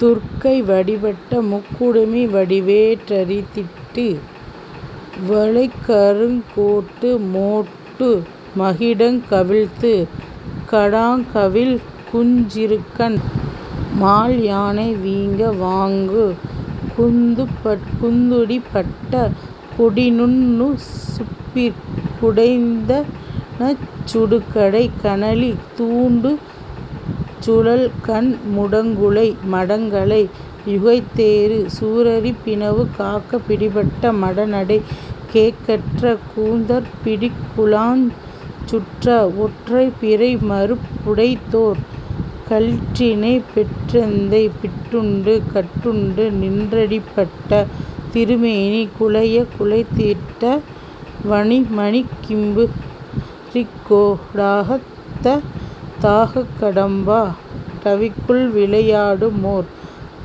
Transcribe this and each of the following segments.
துர்க்கை வடிபட்ட முக்குடுமி வடிவே றிரித்திட்டு வளைகருங் கோட்டு மோட்டு மகிடங் கவிழ்த்துக் கடாங்கவிழ்க் குஞ்சிறுகண் மால்யானை வீங்க வாங்குந் துடிபட்ட கொடிநுண் ணுசுப்பிற் குடைந்தெனச் சுடுகடைக் கனலி தூண்டுஞ் சுழல்கண் முடங்குளை மடங்கலை யுகைத்தேறு சூரரிப் பிணவு காக்க பிடிபட்ட மடநடைக் கேக்கற்ற கூந்தற் பிடிக்குழாஞ் சுற்ற வொற்றைப் பிறைமருப் புடையதொர் களிற்றினைப் பெற்றெந்தை பிட்டுண்டு கட்டுண்டு நின் றடிபட்ட திருமேனி குழையக் குழைத்திட்ட வணிமணிக் கிம்பு ரிக்கோ டாகத்த தாகக் கடம்பா டவிக்குள் விளை யாடுமொர்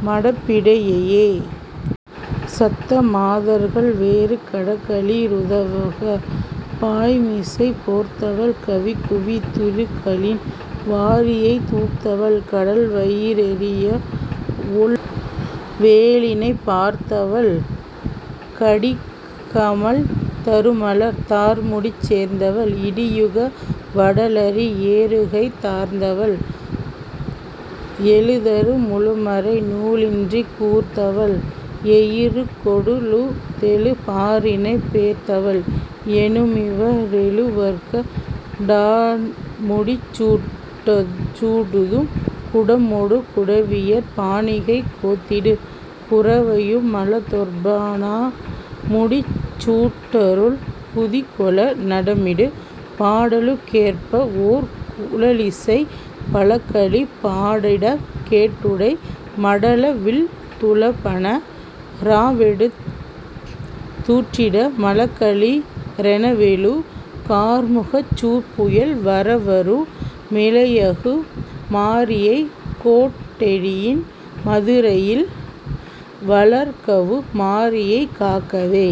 மடப்பிடி யையே. சத்த மாதர்கள் வேறு கடகளி றுதவுக பாய்மிசைப் போர்த்தவள் கவிகுவி துறுகலின் வாரியைத் தூர்த்தவள் கடல்வயி றெரியவொள் வேலினைப் பார்த்தவள் கடிகமழ் தருமலர் தார்முடிச் சேர்த்தவள் இடியுக வடலரி யேறுகைத் தார்த்தவள் எழுதரு முழுமறை நூலினிற் கூர்த்தவள் எயிறுகொ டுழுதெழு பாரினைப் பேர்த்தவள் எனுமிவ ரெழுவர்க டாண்முடிச் சூட்டுதும் குடமொடு குடவியர் பாணிகைக் கோத்திடு குரவையு மலதொர்ப ணாமுடிச் சூட்டருள் குதிகொள நடமிடு பாடலுக் கேற்பவொர் குழலிசை பழகளி பாடிடக் கேட்டுடை மடலவிழ் துளபந றாவெடுத் தூற்றிட மழகளி றெனவெழு கார்முகச் சூற்புயல் வரவரு மிளையகு மாரியைக் கோட்டெயின் மதுரையில் வளர்கவு மாரியைக் காக்கவே.